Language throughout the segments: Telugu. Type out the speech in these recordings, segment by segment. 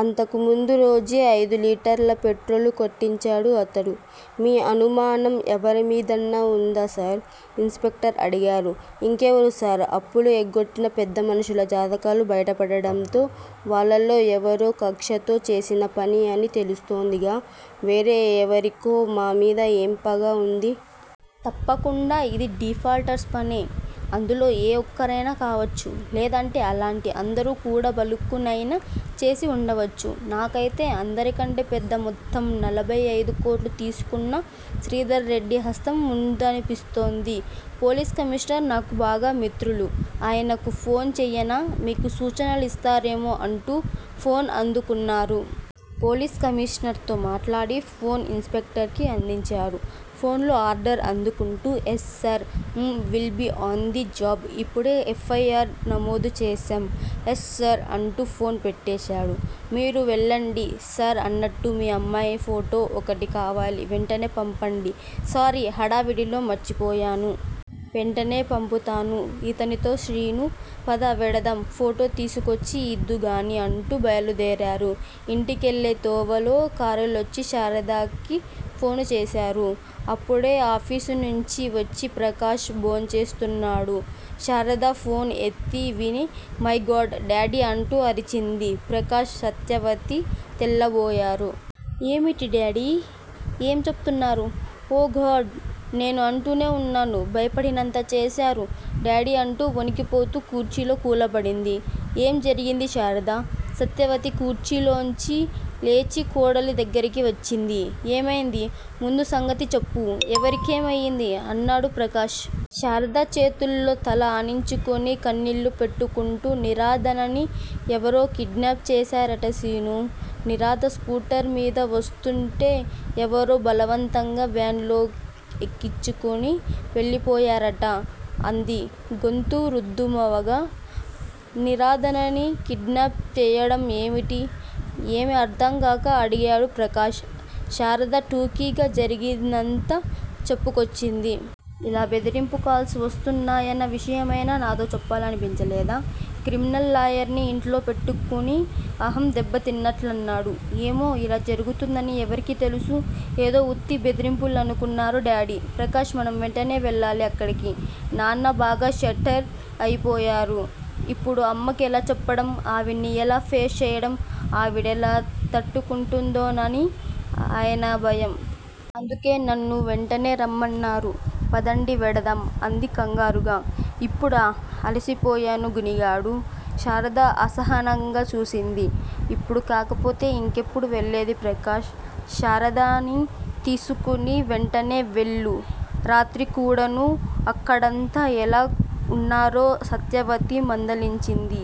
అంతకు ముందు రోజే అయిదు లీటర్ల పెట్రోలు కొట్టించాడు అతడు. మీ అనుమానం ఎవరిమీదన్నా వుందా సార్ ఇన్ స్పెక్టర్ అడిగాడు. ఇంకెవరు సార్ అప్పులు ఎగ్గొట్టిన పెద్దమనుషుల జాతకాలు బయటపడడంతో వాళ్లల్లో ఎవరో కక్షతో చేసిన పని అని తెలుస్తోందిగా వేరే ఎవరికో మా మీద ఏం పగ వుంది? తప్పకుండా ఇది డిఫాల్టర్స్ పనే అందులో ఏ ఒక్కరైనా కావచ్చు, లేదంటే అలాంటి అందరూ కూడబలుక్కునైనా చేసివుండవచ్చు నాకైతే అందరికంటే పెద్దమొత్తం నలభై ఐదుకోట్లు తీసుకున్న శ్రీధర్ రెడ్డి హస్తం వుందనిపిస్తోంది పోలీస్ కమీషనర్ నాకు బాగా మిత్రులు. ఆయనకి ఫోన్ చెయ్యనా మీకు సూచనలిస్తారేమో అంటూ ఫోన్ అందుకున్నారు. పోలీస్ కమీషనర్ తో మాట్లాడి ఫోన్ ఇన్ స్పెక్టర్ కి అందించారు. ఫోనులో ఆర్డర్ అందుకుంటూ yes sir we will be on the job ఇప్పుడే ఎఫ్. ఐ. ఆర్. నమోదు చేశాం. ఎస్ సార్ అంటూ ఫోన్ పెట్టేశాడు. మీరు వెళ్ళండి సార్ అన్నట్టు మీ అమ్మాయి ఫోటో ఒకటి కావాలి వెంటనే పంపండి సారీ, హడావిడిలో మర్చిపోయాను. వెంటనే పంపుతాను ఇతనితో శ్రీనూ, పద వెడదాం, ఫోటో తీసుకొచ్చి ఇద్దూగాని అంటూ బయలుదేరారు. ఇంటికెళ్ళే తోవలో కారులోంచి శారదకి ఫోను చేశారు. అప్పుడే ఆఫీసునించి వచ్చి ప్రకాష్ భోంచేస్తున్నాడు. శారద ఫోను ఎత్తి విని మైగాడ్ డాడీ అంటూ అరిచింది. ప్రకాష్ సత్యవతి తెల్లబోయారు. ఏమిటి డాడీ! ఏం చెప్తున్నారు? ఓ గాడ్ నేను అంటూనే వున్నాను. భయపడినంతా చేశారు. డాడీ అంటూ వణికిపోతూ కుర్చీలో కూలబడింది. ఏం జరిగింది శారదా! సత్యవతి కుర్చీలోంచి లేచి కోడలి దగ్గిరకి వచ్చింది. ఏమైంది? ముందు సంగతి చెప్పు. ఎవరికేం అయింది అన్నాడు ప్రకాష్. శారద చేతుల్లో తల ఆనించుకుని కన్నీళ్ళు పెట్టుకుంటూ నీరదని ఎవరో కిడ్నాప్ చేశారట శీనూ, నీరద స్కూటర్ మీద వస్తూంటే ఎవరో బలవంతంగా వ్యాన్ లో ఎక్కించుకుని వెళ్ళిపోయారట అంది గొంతు రుద్ధమవగా. నీరదని కిడ్నాప్ చెయ్యడం ఏమిటి? ఏమీ అర్థంకాక అడిగాడు ప్రకాష్. శారద టూకీగా జరిగిందంతా చెప్పుకొచ్చింది. ఇలా బెదిరింపు కాల్స్ వస్తున్నాయన్న విషయమైనా నాతో చెప్పాలనిపించలేదా? క్రిమినల్ లాయర్ ని ఇంట్లోపెట్టుకుని అహం దెబ్బతిన్నట్లన్నాడు. ఏమో! ఇలా జరుగుతుందని ఎవరికి తెలుసు? ఏదో ఉత్తి బెదిరింపులనుకున్నారు డాడీ ప్రకాష్ మనం వెంటనే వెళ్ళాలి అక్కడికి. నాన్న బాగా షేటర్ అయిపోయారు. ఇప్పుడు అమ్మకెలా చెప్పడం ఆవిణ్ణి ఎలా ఫేస్ చెయ్యడం, ఆవిడెలా తట్టుకుంటుందోనని ఆయన భయం. అందుకే నన్ను వెంటనే రమ్మన్నారు. పదండి వెడదాం అంది కంగారుగా. ఇప్పుడా! అలసిపోయాను గొణిగాడు. శారద అసహనంగా చూసింది. ఇప్పుడు కాకపోతే ఇంకెప్పుడు వెళ్ళేది ప్రకాష్! శారదని తీసుకుని వెంటనే వెళ్ళు రాత్రికూడాను అక్కడంతా ఎలా వున్నారో సత్యవతి మందలించింది.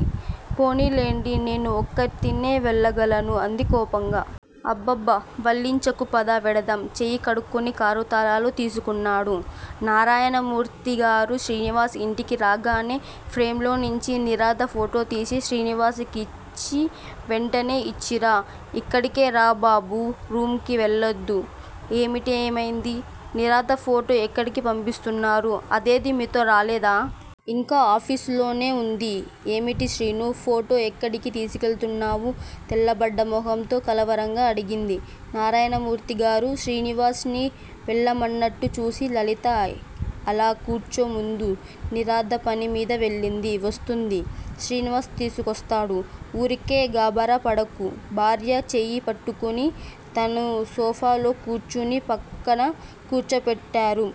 పోనీలెండి, నేను ఒక్కర్తినే వెళ్ళగలను అంది కోపంగా. అబ్బబ్బ వల్లించకుపద వెడదాం చేయి కడుక్కుని కారుతాళాలు తీసుకున్నాడు. నారాయణమూర్తిగారు, శ్రీనివాస్ ఇంటికి రాగానే ఫ్రేమ్ లోంచి నీరద ఫోటోతీసి శ్రీనివాస్ కిచ్చి వెంటనే ఇచ్చిరా, ఇక్కడికే రా బాబూ రూముకి వెళ్లద్దు. ఏమిటి ఏమైంది, నీరద ఫోటో ఎక్కడికి పంపిస్తున్నారు? అదేదీ మీతో రాలేదా? ఇంకా ఆఫీసులోనే వుందా ఏమిటి శ్రీనూ, ఫోటో ఎక్కడికి తీసుకెళుతున్నావు? తెల్లబడ్డ మొహంతో కలవరంగా అడిగింది. నారాయణమూర్తిగారు శ్రీనివాస్ ని వెళ్ళమన్నట్టు చూసి లలితా, అలా కూర్చో ముందు. నీరద పనిమీద వెళ్ళింది. వస్తుంది. శ్రీనివాస్ తీసుకొస్తాడు. ఊరికే గాభరా పడకు భార్యని చెయ్యిపట్టుకుని తను సోఫాలో కూర్చుని పక్కన కూర్చోపెట్టారు.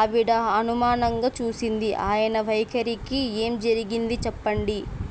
ఆవిడ అనుమానంగా చూసింది ఆయన వైఖరికి. ఏం జరిగింది చెప్పండి